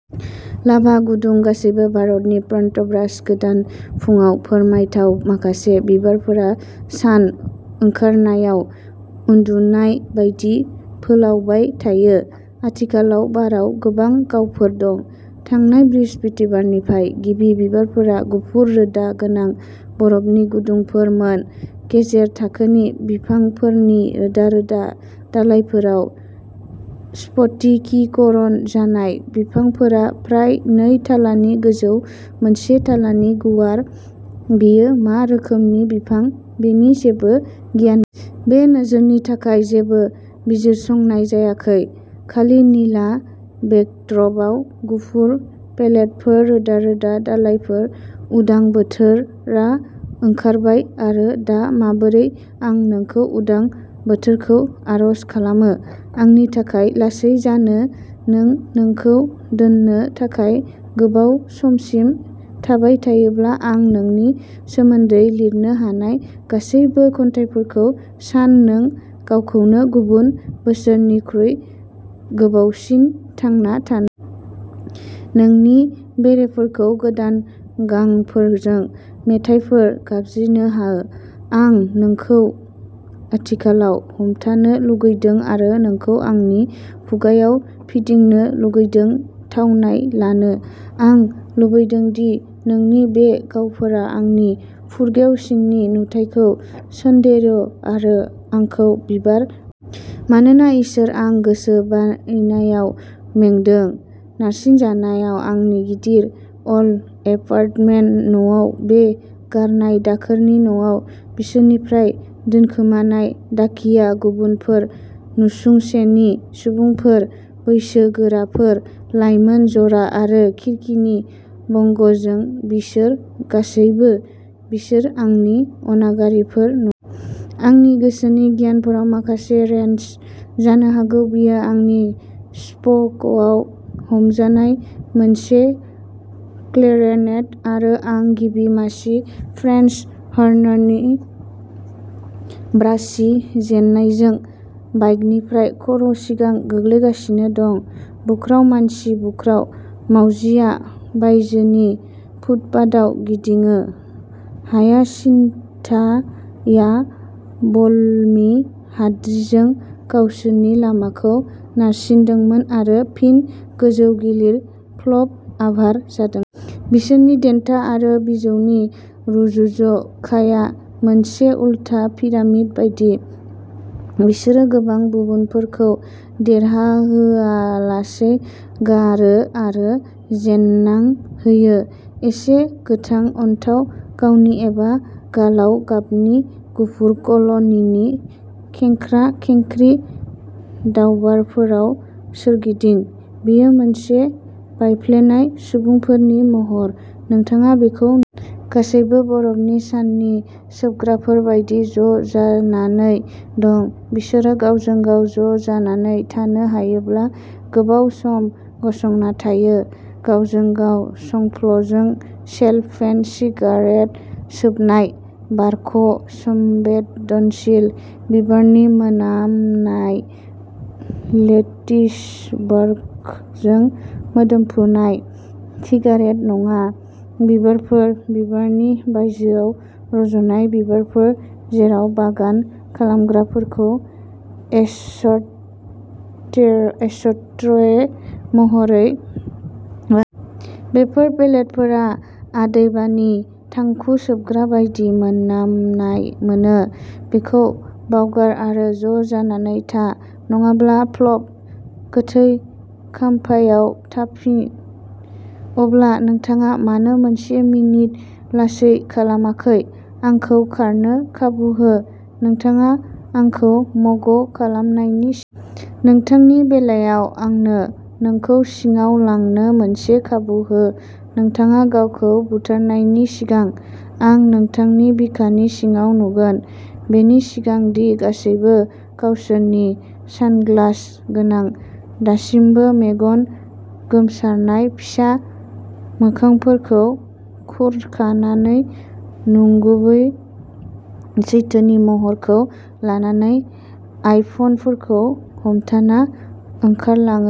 Lava गुदुं गासैबो भारतारि पेन्टब्राश गोदान फुंआव फोरमायथाव माखासे बिबारफोरा सान ओंखारनायाव उन्दुनाय बायदि फोलावबाय थायो। आथिखालाव बाराव गोबां गाबफोर दं। थांनाय बृहस्पतिबारनिफ्राय। गिबि बिबारफोरा गुफुर रोदा गोनां बरफनि गुदुफोरमोन। गेजेर थाखोनि बिफांफोरनि रोदा-रोदा दालाइफोराव स्फटिकीकरण जानाय बिफांफोरा फ्राय नै थालानि गोजौ, मोनसे थालानि गुवार बेयो मा रोखोमनि बिफां बेनि जेबो गियान। बे नोजोरनि थाखाय जेबो बिजिरसंनाय जायाखै। खालि निला बेकड्रपआव गुफुर पेडेलफोर रोदा-रोदा दालाइफोर उदां बोथोरा ओंखारबाय आरो दा माबोरै आं नोंखौ उदां बोथोरखौ आरज खालामो। आंनि थाखाय लासै जानो नों नोंखौ दोननो थाखाय गोबाव समसिम थाबाय थायोब्ला आं नोंनि सोमोन्दै लिरनो हानाय गासैबो खन्थाइफोरखौ सान नों गावखौनो गुबुन बोसोरफोरनिख्रुइ गोबावसिन थांना थानो। नोंनि बेरेफोरखौ गोदान गांफोरजों मेथाइफोर गाबज्रिनो हो। आं नोंखौ आथिखालाव हमथानो लुगैदों आरो नोंखौ आंनि खुगाआव फिदिंनो लुगैदों थावनाय लानो। आं लुबैदों दि नोंनि बे गाबफोरा आंनि फुरगेव सिंनि नुथायखौ सनदेरो आरो आंखौ बिबार। मानोना इसोर आं गोसो बायनायाव मेंदों। नारसिनजानाय आंनि गिदिर अल'एपार्टमेन्ट न'आव बे गारनाय दाखोरनि न'आव बिसोरनिफ्राय दोनखोमानाय डाकिया गुबुनफोर नसुंसेनि सुबुंफोर बैसोगोराफोर, लाइमोन जरा आरो खिरखिनि बंगजों बिसोर गासैबो। बिसोर आंनि अनागारिफोर न। आंनि गोसोनि गियारफोराव माखासे रेन्च। जानो हागौ बेयो आंनि स्प'कआव हमजानाय मोनसे क्लेरनेट आरो आं गिबि मासि फ्रेन्स हर्ननि ब्रासि जेननायजों बाइकनिफ्राय खर'सिगां गोग्लैगासिनो दं। बुख्राव मानसि बुख्राव। मावजिआ बायजोनि फुटपाथआव गिदिङो। हायासिन्थआ बलमि हाद्रिजों गावसोरनि लामाखौ नारसिनदोंमोन आरो फिन गोजौ-गिलिर फ्लप अभार जादों। बिसोरनि देन्था आरो बिजौनि रुजुज'खाया मोनसे उलथा पिरामिड बायदि। बिसोरो गोबां गुबुनफोरखौ देरहोआलासै गारो आरो जेननां होयो। एसे गोथां अन्थाव गाबनि एबा गलाब गाबनि गुफुर कल'निनि खेंख्रा-खेंख्रि टावारफोराव सोरगिदिं। बेयो मोनसे बायफ्लेनाय सुबुंफोरनि महर, नोंथाङा बेखौ गासैबो बरफनि साननि सोबग्राफोर बायदि ज'जानानै दं। बिसोर गावजों-गाव ज'जानानै थानो हायोब्ला गोबाव सम गसंना थायो। गावजों-गाव संफ्लजों सेल'फेन सिगारेट सोबनाय। बारखौ संबेदनशील बिबारनि मोनामनाय लेटिसवर्कजों मोदोमफ्रुनाय। सिगारेट नङा। बिबारफोर। बिबारनि बायजोआव रज'नाय बिबारफोर जेराव बागान खालामग्राफोरखौ एशटे एशट्रे महरै बैफोर पेडेलफोरा अदेबानि थांखु सोबग्रा बायदि मोनामनाय मोनो। बेखौ बावगार आरो ज'जानानै था। नङाब्ला फ्लप। गोथै खाम्फायाव थांफिन। अब्ला नोंथाङा मानो मोनसे मिनिट लासै खालामाखै? आंखौ खारनो खाबु हो। नोंथाङा आंखौ म'ग खालामनायनि सि। नोंथांनि बेलायाव आंनो नोंखौ सिङाव लांनो मोनसे खाबु हो नोंथाङा गावखौ बुथारनायनि सिगां। आं नोंथांनि बिखानि सिङाव नुगोन। बेनि सिगां दि गासैबो गावसोरनि सानग्लास गोनां दासिमबो मेगन गोमसारनाय फिसा मोखांफोरखौ खुरखानानै नंगुबै सैथोनि महरखौ लानानै आइफनफोरखौ हमथाना ओंखारलाङो।